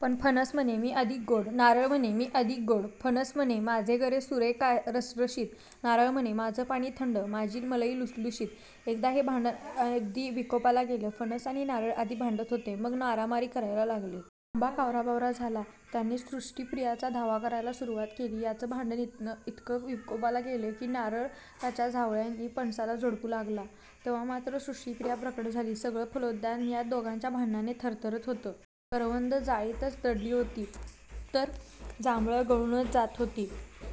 पण फणस म्हणे, मी अधिक गोड! नारळ म्हणे, मी अधिक गोड! फणस म्हणे, माझे गरे सुरेख रसरशीत! नारळ म्हणे, माझं पाणी थंड, माझी मलई लुसलुशीत... एकदा हे भांडण अगदी विकोपाला गेलं. फणस आणि नारळ आधी भांडत होते, मग मारामारी करायला लागले. आंबा कावराबावरा झाला. त्याने सृष्टीप्रियाचा धावा करायला सुरुवात केली. यांचं भांडण इतकं विकोपाला गेलं की, नारळ त्याच्या झावळ्यांनी फणसाला झोडपू लागला. तेव्हा मात्र सृष्टीप्रिया प्रकट झाली. सगळं फलोद्यान या दोघांच्या भांडणाने थरथरत होतं. करवंदं जाळीतच दडली होती, तर जांभळं गळूनच जात होती.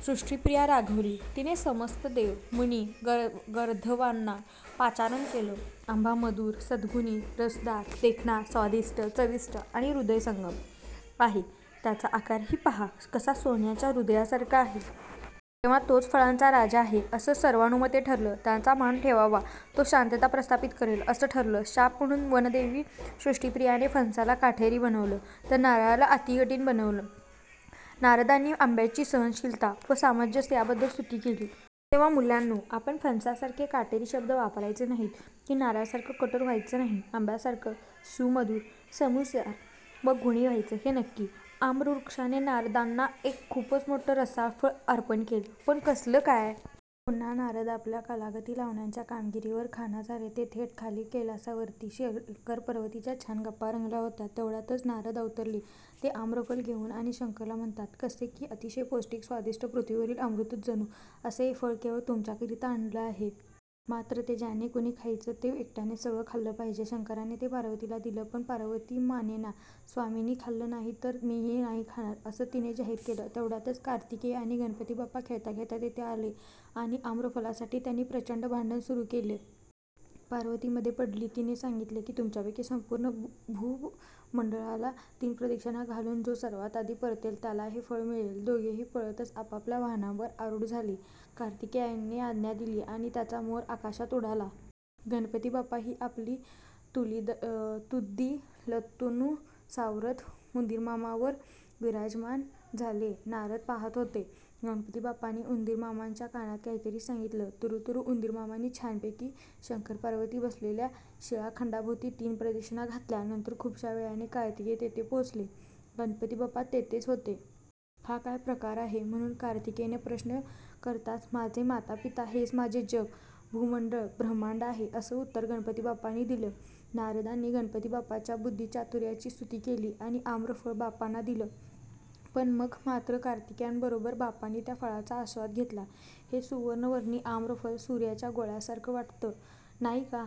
सृष्टीप्रिया रागावली. तिने समस्त देव, मुनी, गंर्धवांना पाचारण केलं. 'आंबा मधुर, सद्गुणी, रसदार, देखणा, स्वादिष्ट, चविष्ट आणि हृदयंगम आहे. त्याचा आकारही पहा कसा सोन्याच्या हृदयासारखा आहे! तेव्हा तोच फळांचा राजा आहे',असं सर्वानुमते ठरलं. 'त्याचा मान ठेवावा, तो शांतता प्रस्थापित करेल',असं ठरलं. शाप म्हणून वनदेवी सृष्टीप्रियाने फणसाला काटेरी बनवलं, तर नारळाला अतिकठीण बनवलं. नारदांनी आंब्याची सहनशीलता व सामंजस्य याबद्दल स्तुती केली. तेव्हा मुलांनो, आपण फणसासारखे काटेरी शब्द वापरायचे नाहीत की नारळासारखं कठोर व्हायचं नाही. आंब्यासारखं सुमधुर, समजूतदार व गुणी व्हायचं, हे नक्की! आम्रवृक्षाने नारदांना एक खूपच मोठं रसाळ फळ अर्पण केलं. पण कसलं काय? पुन्हा नारद आपल्या कलागती लावण्याच्या कामगिरीवर खाना झाले. ते थेट आले कैलासावरती. शंकर-पार्वतीच्या छान गप्पा रंगल्या होत्या. तेवढ्यातच नारद अवतरले ते आम्रफल घेऊन आणि शंकराला म्हणतात कसे की, 'अतिशय पौष्टिक, स्वादिष्ट, पृथ्वीवरील अमृतच जणू असं हे फळ केवळ तुमच्याकरिता आणलं आहे. मात्र ते ज्याने कुणी खायचं, ते एकट्यानेच सगळं खाल्लं पाहिजे. शंकराने ते पार्वतीला दिलं. पण पार्वती मानेना. 'स्वामींनी खाल्लं नाही, तर मीही नाही खाणार', असं तिने जाहीर केलं. तेवढ्यातच कार्तिकेय आणि गणपतीबाप्पा खेळता-खेळता तिथे आले आणि आम्रफलासाठी त्यांनी प्रचंड भांडण सुरू केलं. पार्वती मध्ये पडली. तिने सांगितलं की, 'तुमच्यापैकी संपूर्ण भूमंडलाला तीन प्रदक्षिणा घालून जो सर्वात आधी परतेल, त्याला हे फळ मिळेल'.दोघेही पळतच आपापल्या वाहनांवर आरूढ झाले. कार्तिकेयाने आज्ञा दिली आणि त्याचा मोर आकाशात उडाला. गणपतीबाप्पाही आपली तुंतीलतनू सावरत उंदीरमामांवर विराजमान झाले. नारद पाहत होते. गणपतीबाप्पांनी उंदीरमामांच्या कानात काहीतरी सांगितलं. तुरुतुरु उंदीरमामांनी छानपैकी शंकर-पार्वती बसलेल्या शिळाखंडाभोवती तीन प्रदक्षिणा घातल्या. नंतर खूपशा वेळाने कार्तिकेय तिथे पोहोचले. गणपतीबाप्पा तिथेच होते. 'हा काय प्रकार आहे'?म्हणून कार्तिकेयांनी प्रश्न करताच, 'माझे माता-पिता हेच माझे जग, भूमण्डल, ब्रह्मांड आहे', असं उत्तर गणपतीबाप्पांनी दिलं. नारदांनी गणपतीबाप्पांच्या बुद्धीचातुर्याची स्तुती केली आणि आम्रफळ बाप्पांना दिलं. पण मग मात्र कार्तिकेयांबरोबर बाप्पांनी त्या फळाचा आस्वाद घेतला. हे सुवर्णवर्णी आम्रफल सूर्याच्या गोळ्यासारखं वाटतं, नाही का?